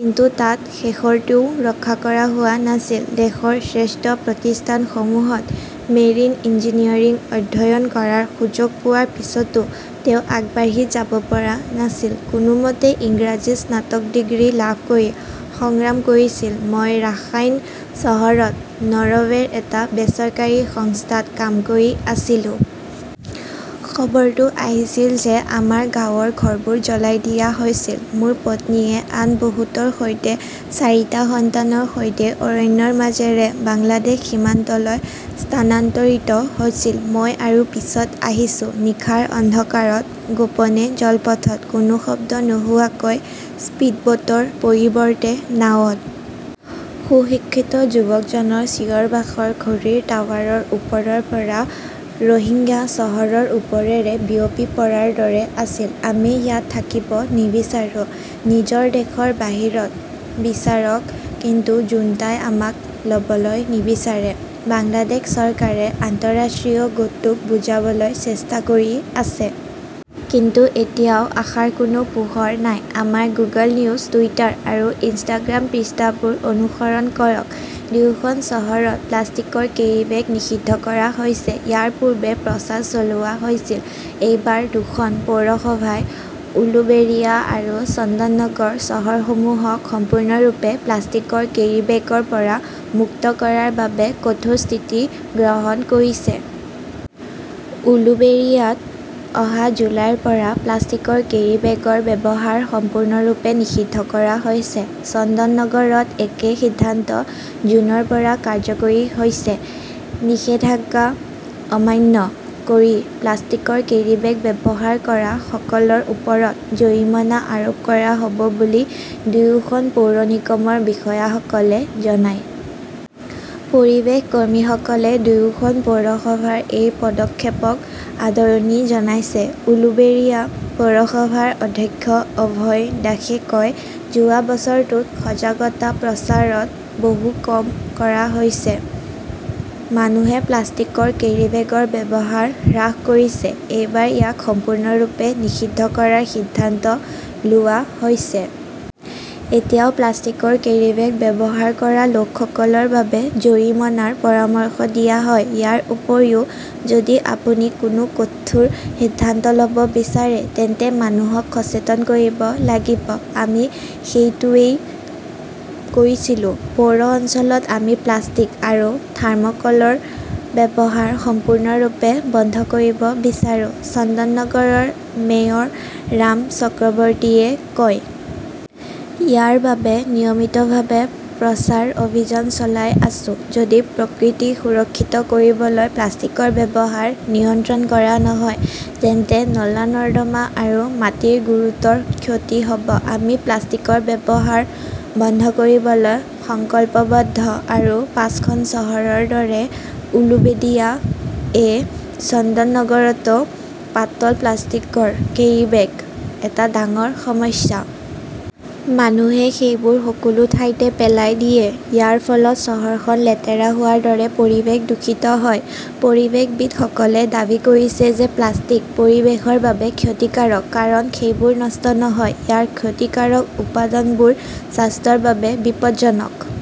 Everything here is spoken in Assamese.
কিন্তু তাত শেষৰটোও ৰক্ষা কৰা হোৱা নাছিল। দেশৰ শ্ৰেষ্ঠ প্ৰতিষ্ঠানসমূহত মেৰিন ইঞ্জিনিয়াৰিং অধ্যয়ন কৰাৰ সুযোগ পোৱাৰ পিছতো তেওঁ আগবাঢ়ি যাব পৰা নাছিল। কোনোমতে ইংৰাজীত স্নাতক ডিগ্ৰী লাভ কৰি সংগ্ৰাম কৰিছিল। মই ৰাখাইন চহৰত নৰৱেৰ এটা বেচৰকাৰী সংস্থাত কাম কৰি আছিলো। খবৰটো আহিছিল যে আমাৰ গাঁৱৰ ঘৰবোৰ জ্বলাই দিয়া হৈছিল। মোৰ পত্নীয়ে আন বহুতৰ সৈতে চাৰিটা সন্তানৰ সৈতে অৰণ্যৰ মাজেৰে বাংলাদেশ সীমান্তলৈ স্থানান্তৰিত হৈছিল। মই আৰু পিছত আহিছোঁ, নিশাৰ অন্ধকাৰত গোপনে জলপথত। কোনো শব্দ নোহোৱাকৈ স্পিডবোটৰ পৰিৱৰ্তে নাওত। সুশিক্ষিত যুৱকজনৰ চিঞৰ-বাখৰ ঘড়ীৰ টাৱাৰৰ ওপৰৰ পৰা ৰোহিংগ্যা চহৰৰ ওপৰেৰে বিয়পি পৰাৰ দৰে আছিল। আমি ইয়াত থাকিব নিবিচাৰো। নিজৰ দেশৰ বাহিৰত বিচাৰক। কিন্তু জুণ্টাই আমাক লবলৈ নিবিচাৰে। বাংলাদেশ চৰকাৰে আন্তঃৰাষ্ট্ৰীয় গোটটোক বুজাবলৈ চেষ্টা কৰি আছে। কিন্তু এতিয়াও আশাৰ কোনো পোহৰ নাই। আমাৰ গুগল নিউজ, টুইটাৰ আৰু ইনষ্টাগ্ৰাম পৃষ্ঠাবোৰ অনুসৰণ কৰক। দুয়োখন চহৰত প্লাষ্টিকৰ কেৰীবেগ নিষিদ্ধ কৰা হৈছে ইয়াৰ পূৰ্বে প্ৰচাৰ চলোৱা হৈছিল। এইবাৰ দুখন পৌৰসভাই উলুবেৰিয়া আৰু চন্দননগৰ চহৰসমূহক সম্পূৰ্ণৰূপে প্লাষ্টিকৰ কেৰিবেগৰ পৰা মুক্ত কৰাৰ বাবে কঠোৰ স্থিতি গ্ৰহণ কৰিছে। উলুবেৰিয়াত অহা জুলাইৰ পৰা প্লাষ্টিকৰ কেৰীবেগৰ ব্যৱহাৰ সম্পূৰ্ণৰূপে নিষিদ্ধ কৰা হৈছে। চন্দননগৰত একে সিদ্ধান্ত জুনৰ পৰা কাৰ্যকৰী হৈছে। নিষেধাজ্ঞা অমান্য কৰি প্লাষ্টিকৰ কেৰীবেগ ব্যৱহাৰ কৰা সকলৰ ওপৰত জৰিমনা আৰোপ কৰা হ'ব বুলি দুয়োখন পৌৰ নিগমৰ বিষয়াসকলে জনায়। পৰিৱেশ কৰ্মীসকলে দুয়োখন পৌৰসভাৰ এই পদক্ষেপক আদৰণি জনাইছে। উলুবেৰিয়া পৌৰসভাৰ অধ্যক্ষ অভয় দাসে কয়, যোৱা বছৰটোত সজাগতা প্ৰচাৰত বহু কাম কৰা হৈছে। মানুহে প্লাষ্টিকৰ কেৰিবেগৰ ব্যৱহাৰ হ্ৰাস কৰিছে। এইবাৰ ইয়াক সম্পূৰ্ণৰূপে নিষিদ্ধ কৰাৰ সিদ্ধান্ত লোৱা হৈছে। এতিয়াও প্লাষ্টিকৰ কেৰীবেগ ব্যৱহাৰ কৰা লোকসকলৰ বাবে জৰিমনাৰ পৰামৰ্শ দিয়া হয়। ইয়াৰ উপৰিও, যদি আপুনি কোনো কঠোৰ সিদ্ধান্ত লব বিচাৰে তেন্তে মানুহক সচেতন কৰিব লাগিব। আমি সেইটোৱেই কৰিছিলো। পৌৰ অঞ্চলত আমি প্লাষ্টিক আৰু থাৰ্ম'কলৰ ব্যৱহাৰ সম্পূৰ্ণৰূপে বন্ধ কৰিব বিচাৰো, চন্দননগৰৰ মেয়ৰ ৰাম চক্ৰৱৰ্তীয়ে কয়। ইয়াৰ বাবে নিয়মিতভাৱে প্ৰচাৰ অভিযান চলাই আছো। যদি প্ৰকৃতি সুৰক্ষিত কৰিবলৈ প্লাষ্টিকৰ ব্যৱহাৰ নিয়ন্ত্ৰণ কৰা নহয় তেন্তে নলা-নৰ্দমা আৰু মাটিৰ গুৰুতৰ ক্ষতি হ'ব। আমি প্লাষ্টিকৰ ব্যৱহাৰ বন্ধ কৰিবলৈ সংকল্পবদ্ধ। আৰু পাঁচখন চহৰৰ দৰে উলুবেদিয়া এ চন্দননগৰতো পাতল প্লাষ্টিকৰ কেৰিবেগ এটা ডাঙৰ সমস্যা। মানুহে সেইবোৰ সকলো ঠাইতে পেলাই দিয়ে। ইয়াৰ ফলত চহৰখন লেতেৰা হোৱাৰ দৰে পৰিৱেশ দূষিত হয়। পৰিৱেশবিদসকলে দাবী কৰিছে যে প্লাষ্টিক, পৰিৱেশৰ বাবে ক্ষতিকাৰক। কাৰণ, সেইবোৰ নষ্ট নহয়। ইয়াৰ ক্ষতিকাৰক উপাদানবোৰ স্বাস্থ্যৰ বাবে বিপদজনক।